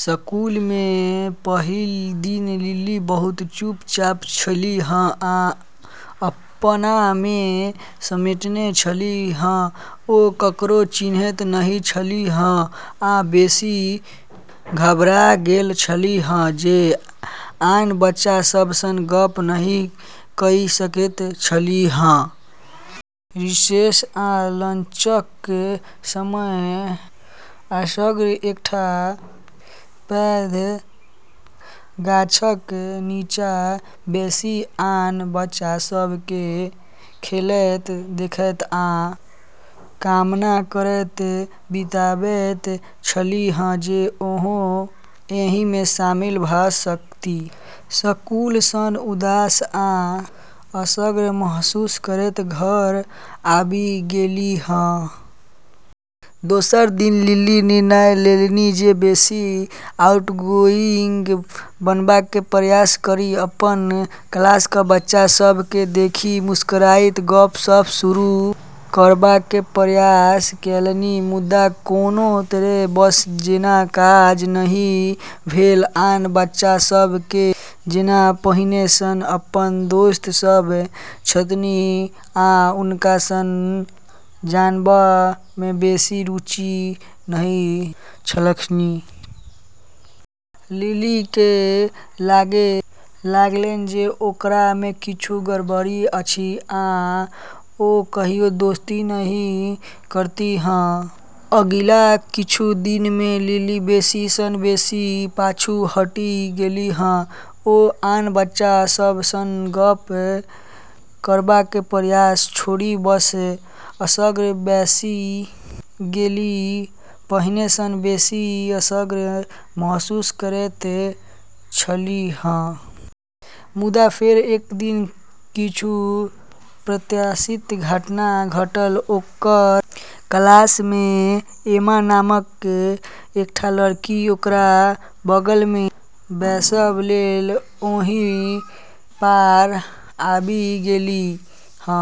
School मे पहिल दिन लिली बहुत चुपचाप छलीह आ अपना मे समेटने छलीह। ओ ककरो चिन्हैत नहि छलीह आ बेसी घबरा गेल छलीह जे आन बच्चा सभ सँ गप्प नहि कइ सकैत छलीह। रिसेस आ लंचक समय असगरे एकटा पैघ गाछक नीचा बैसि आन बच्चा सभ केँ खेलैत देखैत आ कामना करैत बिताबैत छलीह जे ओहो एहि मे शामिल भऽ सकथि। स्कूल सँ उदास आ असगर महसूस करैत घर आबि गेलीह। दोसर दिन लिली निर्णय लेलनि जे बेसी आउटगोइंग बनबाक प्रयास करी। अपन क्लासक बच्चा सभ केँ देखि मुस्कुराइत गप्प-सप्प शुरू करबाक प्रयास कएलनि। मुदा कोनो तरहेँ, बस जेना काज नहि भेल। आन बच्चा सभ केँ जेना पहिने सँ अपन दोस्त सभ छथिन आ हुनका सँ जानबा मे बेसी रुचि नहि छलखिन। लिली केँ लागै लागलैन जे ओकरा मे किछु गड़बड़ी अछि आ ओ कहियो दोस्ती नहि करतीह। अगिला किछु दिन मे लिली बेसी सँ बेसी पाछू हटि गेलीह। ओ आन बच्चा सभ सँ गप्प करबाक प्रयास छोड़ि बस असगर बैसि गेलीह, पहिने सँ बेसी असगर महसूस करैत छलीह। मुदा फेर एक दिन किछु अप्रत्याशित घटना घटल। ओकर क्लास मे एम्मा नामक एकटा लड़की ओकरा बगल मे बैसब लेल ओहि पार आबि गेलीह।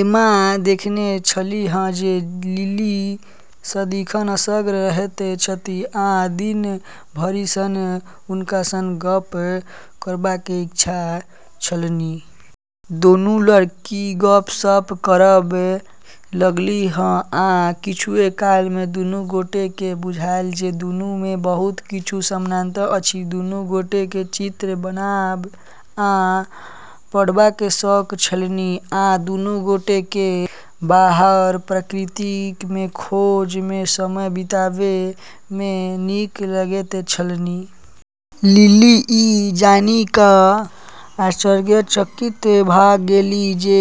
एम्मा देखने छलीह जे लिली सदिखन असगर रहैत छथि आ दिन भरि सँ हुनका सँ गप्प करबाक इच्छा छलनि। दुनू लड़की गप्प-सप्प करब लगलीह आ किछुए काल मे दुनू गोटे केँ बुझायल जे दुनू मे बहुत किछु समानता अछि। दुनू गोटे केँ चित्र बनाब आ पढ़बाक शौक छलनि, आ दुनू गोटे केँ बाहर प्रकृति मे खोज मे समय बिताबै मे नीक लगैत छलनि। लिली ई जानि कऽ आश्चर्यचकित भऽ गेलीह जे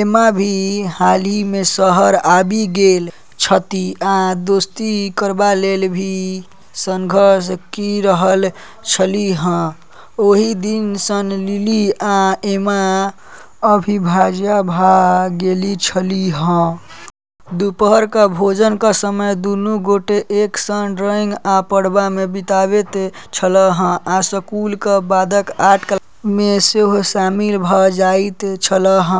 एम्मा भी हालही मे शहर आबि गेल छथि आ दोस्ती करबा लेल भी संघर्ष कइ रहल छलीह। ओहि दिन सँ लिली आ एम्मा अविभाज्य भऽ गेल छलीह। दुपहरक भोजनक समय दुनू गोटे एक संग ड्राइंग आ पढ़बा मे बिताबैत छलाह आ स्कूलक बादक आर्ट क्लब मे सेहो शामिल भऽ जाइत छलाह।